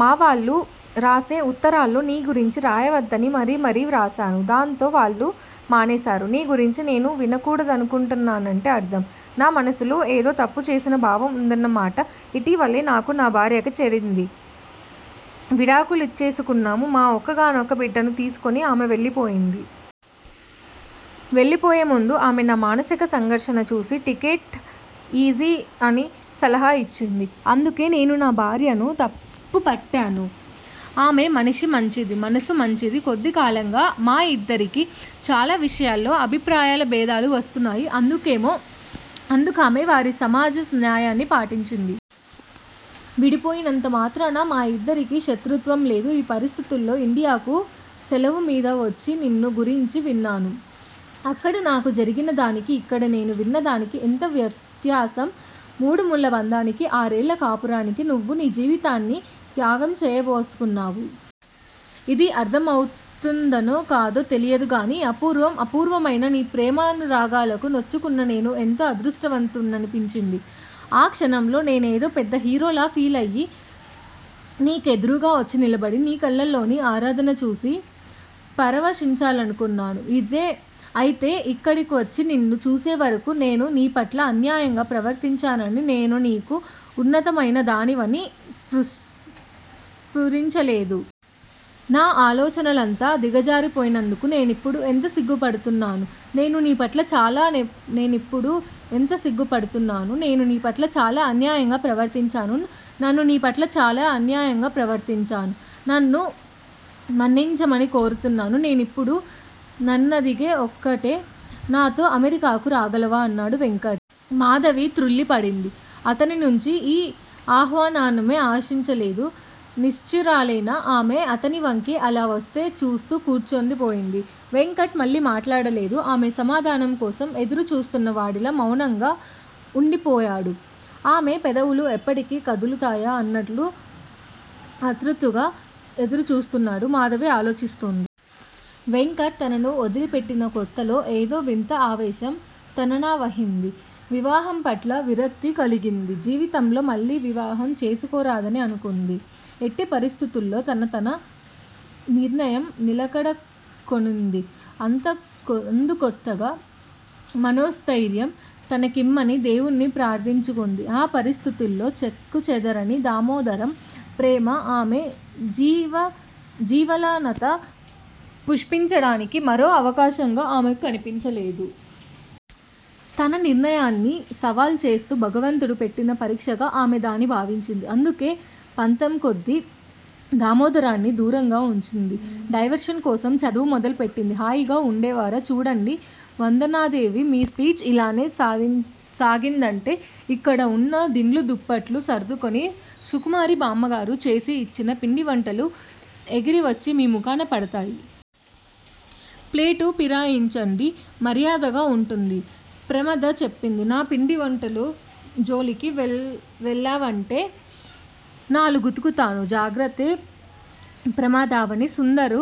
మా వాళ్ళు రాసే ఉత్తరాల్లో నీ గురించి రాయవద్దని మరీ మరీ వ్రాశాను. దాంతో వాళ్ళు మానేశారు. నీ గురించి నేను వినకూడదనుకొంటున్నానంటే అర్ధం! నా మనసులో ఏదో తప్పుచేసిన భావం ఉందన్న మాట! ఇటీవలే నాకూ, నా భార్యకూ చెడింది. విడాకులిచ్చేసుకున్నాం. మా ఒక్కగానొక్క బిడ్డను తీసుకొని ఆమె వెళ్ళిపోయింది. వెళ్ళిపోయేముందు ఆమె నా మానసిక సంఘర్షణ చూసి, టేకిట్ ఈజీ అని సలహా ఇచ్చింది. అందుకు నేను నా భార్యను తప్పుపట్టాను. ఆమె మనిషి మంచిది. మనసు మంచిది. కొద్దికాలంగా మా ఇద్దరికీ చాలా విషయాల్లో అభిప్రాయబేధాలు వస్తున్నాయి. అందుకామె వారి సమాజ న్యాయాన్ని పాటించింది. విడిపోయినంత మాత్రాన మా ఇద్దరికీ శత్రుత్వం లేదు. ఈ పరిస్థితుల్లో ఇండియాకు సెలవుమీద వచ్చి నిన్ను గురించి విన్నాను. అక్కడ నాకు జరిగిన దానికీ, ఇక్కడ నేను విన్న దానికీ ఎంత వ్యత్యాసం? మూడుముళ్ళ బందానికీ, ఆర్నెల్ల కాపురానికీ నువ్వు నీ జీవితాన్ని త్యాగం చేయబూనుకున్నావు. ఇది అర్దవంతమైనదో కాదో తెలియదుగానీ అపూర్వం! అపూర్వమైన నీ ప్రేమానురాగాలకు నోచుకున్న నేను ఎంతో అదృష్టవంతుడ్నినిపించింది. ఆ క్షణంలో నేనేదో పెద్ద హీరోలా ఫీలయ్యి నీకేడురుగా వచ్చి నిలబడి నీ కళ్ళలోని ఆరాధన చూసి పరవశించాలనుకున్నాను. ఐతే ఇక్కడికివచ్చి నిన్ను చూసేవరకూ నేను నీపట్ల అన్యాయంగా ప్రవర్తించాననీ నేను నీకు ఉన్నతమయిన దానివనీ స్పురించలేదు. నా అలోచనలంతగా దిగజారిపొయింనందుకు నేనిప్పుడు ఎంతో సిగ్గుపడుతున్నాను. నేను నీపట్ల చాలా నేనిప్పుడు ఎంతో సిగ్గు పడుతున్నాను. నేను నీపట్ల చాలా అన్యాయంగా ప్రవర్తించాను. నన్ను నీపట్ల చాలా అన్యాయంగా ప్రవర్తించాను. నన్ను మన్నించమని కోరుతున్నాను. నేనిప్పుడు నిన్నదిగేది ఒక్కటే. నాతో అమెరికాకు రాగలవా? అన్నాడు వెంకట్. మాధవి త్రుళ్ళి పడింది. అతనినుంచి ఈ ఆహ్వాన్నాన్నమే ఆశించలేదు. నిశ్చేష్టురాలై ఆమె అతనివంకే అలా వస్తే చూస్తూ కూర్చుండి పోయింది. వెంకట్ మళ్ళీ మాట్లాడలేదు. ఆమె సమాధానం కోసం ఎదురుచూస్తున్న వాడిలా మౌనంగా ఉందిపోయాడు. ఆమె పెదవులు ఎప్పటికి కదులుతాయా అన్నట్లు అత్రుతుగా ఎదురుచూస్తున్నాడు. మాధవి ఆలోచిస్తుంది. వెంకట్ తనను వదిలిపెట్టిన కొత్తలో ఏదో వింత ఆవేశం తననావహింది. వివాహంపట్ల విరక్తి కలిగింది. జీవితంలో మళ్ళీ వివాహం చేసుకోరాదనీ అనుకుంది. ఎట్టి పరిస్థితుల్లల్లో తన తన నిర్ణయం సడలకూడదనుకొంది. అందుకోతగ్గ మనోస్థయిర్యం తనకిమ్మని దేవుణ్నీ ప్రార్ధించుకుంది. ఆ పరిస్థితుల్లో చెక్కుచెదరని దామోదరం ప్రేమ ఆమె జీవలనత పుష్పించడానికి మరో అవకాశంగా ఆమెకు కనిపించలేదు. తన నిర్ణయాన్ని సవాల్ చేస్తూ భగవంతుడు పెట్టిన పరీక్షిగా ఆమె దాన్ని భావించింది. అందుకే పంతంకొద్దీ దామోదరాన్ని దూరంగా వుంచింది. డైవర్షన్ కోసం చదువు మొదలుపెట్టింది. హాయిగా ఉండేవారా? చూడండి వందనాదేవిగారు! మీ స్పీచ్ ఇలానే సాగిందంటే ఇక్కడ ఉన్న దిండ్లు దుప్పట్లు సుందరి సుకుమారి బామ్మగారు చేసి ఇచ్చిన పిండివంటలు ఎగిరివచ్చి మీ ముఖాన పడతాయ్. ప్లేటు ఫిరాయించండి మర్యాదగా ఉంటుంది ప్రమద చెప్పింది. నా పిండి వంటల జోలికి వెళ్ళావంటే నాలుగుతుకుతాను జాగ్రత్తే ప్రమదావని! సుందర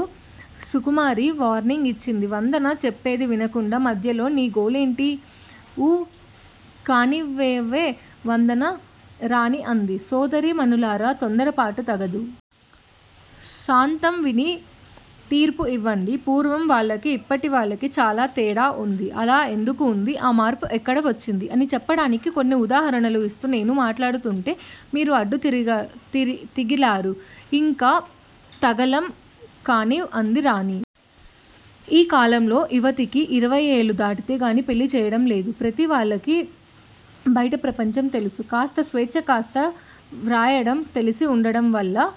సుకుమారి వార్నింగ్ ఇచ్చింది. వందన చెప్పేది వినకుండ మధ్యలో నీ గోలేంటే? ఊ కానివ్వవే వందనా! రాణి అంది. సోదరీ మణులారా! తొందరపాటు తగదు. సాంతం విని తీర్పు ఇవ్వండి. పూర్వం వాళ్ళకి ఇప్పటి వాళ్ళకి చాలా తేడా ఉంది. అలా ఎందుకు ఉంది? ఆ మార్పు ఎక్కడ వచ్చింది? అని చెప్పడానికి కొన్ని ఉదాహరణలు ఇస్తూ నేను మాట్లాడుతూంటే మీరు అడ్డు తగిలారు. ఇంకా తగలం కానివ్ అంది రాణి. ఈ కాలంలో యువతికి ఇరవైయేళ్ళు దాటితే గాని పెళ్ళి చేయడం లేదు. ప్రతివాళ్ళకి బైట ప్రపంచం తెలుసు. కాస్త స్వేచ్చ కాస్త వ్రాయడం తెలిసి ఉండటంవల్ల